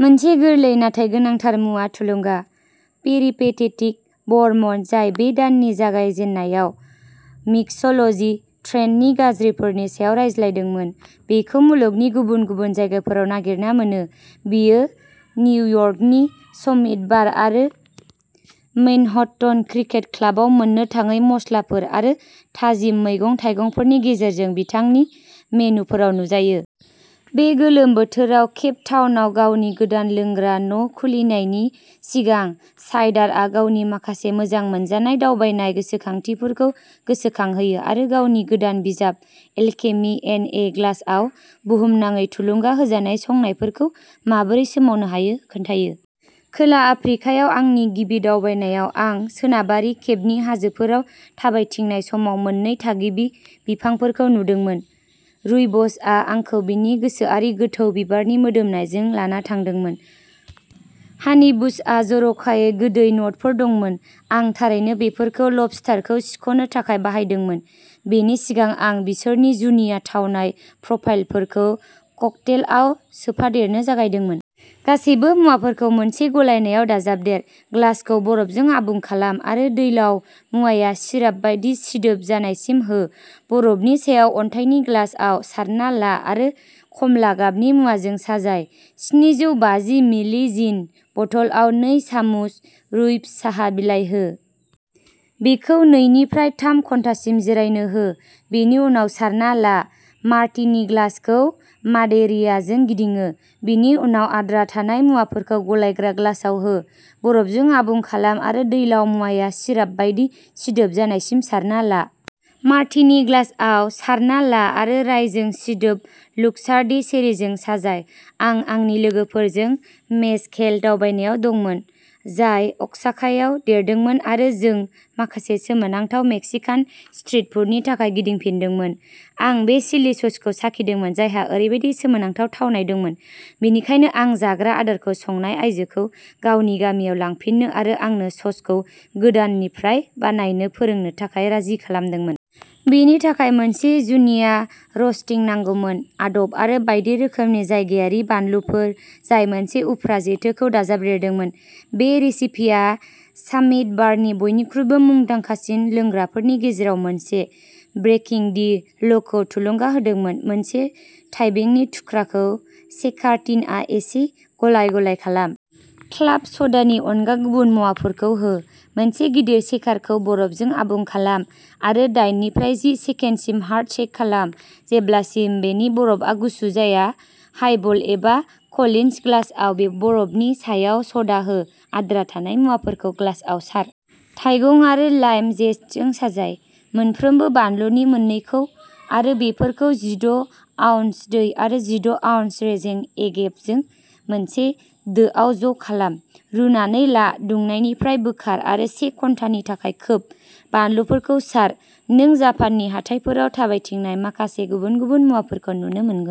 मोनसे गोरलै नाथाय गोनांथार मुवा थुलुंगा। पेरिपेटेटिक बर्मन जाय बे दाननि जागाय जेन्नायाव मिक्स'ल'जि ट्रेन्दनि गाज्रिफोरनि सायाव रायज्लायदोंमोन। बेखौ मुलुगनि गुबुन गुबुन जायगाफोराव नागिरना मोनो। बेयो निउयर्कनि समिट बार आरो मैनहट्टन क्रिकेट क्लाबआव मोननो थाङै मस्लाफोर आरो थाजिम मैगं-थाइगंफोरनि गेजेरजों बिथांनि मेनुफोराव नुजायो। बे गोलोम बोथोराव केप टाउनआव गावनि गोदान लोंग्रा न'खुलिनायनि सिगां, साइडारआ गावनि माखासे मोजां मोनजानाय दावबायनाय गोसोखांथिफोरखौ गोसोखांहोयो आरो गावनि गोदान बिजाब एलकेमि इन ए ग्लासआव बुहुमनाङै थुलुंगा होजानाय संनायफोरखौ माबोरै सोमावनो हायो खोन्थायो। खोला आफ्रिकायाव आंनि गिबि दावबायनायाव आं सोनाबारि केपनि हाजोफोराव थाबायथिंनाय समाव मोन्नै थागिबि बिफांफोरखौ नुदोंमोन। रुइबसआ आंखौ बेनि गोसोआरि गोथौ बिबारनि मोदोमनायजों लाना थांदोंमोन हनिबुसहा जर'खायै गोदै न'टफोर दंमोन। आं थारैनो बेफोरखौ लबस्टारखौ सिख'नो थाखाय बाहायदोंमोन, बेनि सिगां आं बिसोरनि जुनिया थावनाय प्रफाइलफोरखौ ककटेलआव सोफादेरनो जागायदोंमोन। गासैबो मुवाफोरखौ मोनसे गलायनायाव दाजाबदेर। ग्लासखौ बरफजों आबुं खालाम आरो दैलाव मुवाया सिराप बायदि सिदोब जानायसिम हो। बरफनि सायाव अन्थाइनि ग्लासआव सारना ला आरो खमला गाबनि मुवाजों साजाय। स्निजौबाजि मिलि जिन बथलआव नै सामुस रुइबस साहा बिलाइ हो। बेखौ नैनिफ्राय थाम घन्टासिम जिरायनो हो, बेनि उनाव सारना ला। मार्टिनि ग्लासखौ मादेइरियाजों गिदिङो, बेनि उनाव आद्रा थानाय मुवाफोरखौ गलायग्रा ग्लासाव हो। बरफजों आबुं खालाम आरो दैलाव मुवाया सिराप बायदि सिदोब जानायसिम सारना ला। मार्टिनि ग्लासआव सारना ला आरो राइजों सिदोब लुक्सार्डो चेरीजों साजाय। आं आंनि लोगोफोरजों मेजकेल दावबायनायाव दंमोन, जाय अ'क्साकायाव देरदोंमोन आरो जों माखासे सोमोनांथाव मेक्सिकान स्ट्रिट फुडनि थाखाय गिदिंफिनदोंमोन। आं बे चिलि ससखौ साखिदोंमोन, जायहा ओरैबायदि सोमोनांथाव थावनाय दंमोन, बेनिखायनो आं जाग्रा आदारखौ संनाय आयजोखौ गावनि गामियाव लांफिननो आरो आंनो स'सखौ गोदाननिफ्राय बानायनो फोरोंनो थाखाय राजि खालामदोंमोन। बेनि थाखाय मोनसे जुनिया रस्टिं नांगौमोन। आदब आरो बायदि रोखोमनि जायगायारि बानलुफोर, जाय मोनसे उफ्रा जेथोखौ दाजाबदेरदोंमोन। बे रेसिपिया सामिट बारनि बयनिख्रुइबो मुंदांखासिन लोंग्राफोरनि गेजेराव मोनसे, ब्रेकिं दि लखौ थुलुंगा होदोंमोन। मोनसे थाइबेंनि थुख्राखौ शेकार टिनआव एसे गलाय-गलाय खालाम। क्लाब स'डानि अनगा गुबुन मुवाफोरखौ हो। मोनसे गिदिर शेकारखौ बरफजों आबुं खालाम आरो दाइननिफ्राय जि सेकेन्डसिम हार्ड शेक खालाम जेब्लासिम बेनि बरफआ गुसु जाया। हाइबल एबा कलिन्स ग्लासआव बरफनि सायाव स'डा हो। आद्रा थानाय मुवाफोरखौ ग्लासआव सार। थाइगं आरो लाइम जेस्टजों साजाय। मोनफ्रोमबो बानलुनि मोननैखौ आरो बेफोरखौ जिद ' आउन्स दै आरो जिद' आउन्स रेजें एगेभजों मोनसे दोआव ज' खालाम। रुनानै ला, दुंनायनिफ्राय बोखार आरो से घन्टानि थाखाय खोब। बानलुफोरखौ सार। नों जापाननि हाथाइफोराव थाबायथिंनाय माखासे गुबुन-गुबुन मुवाफोरखौ नुनो मोनगोन।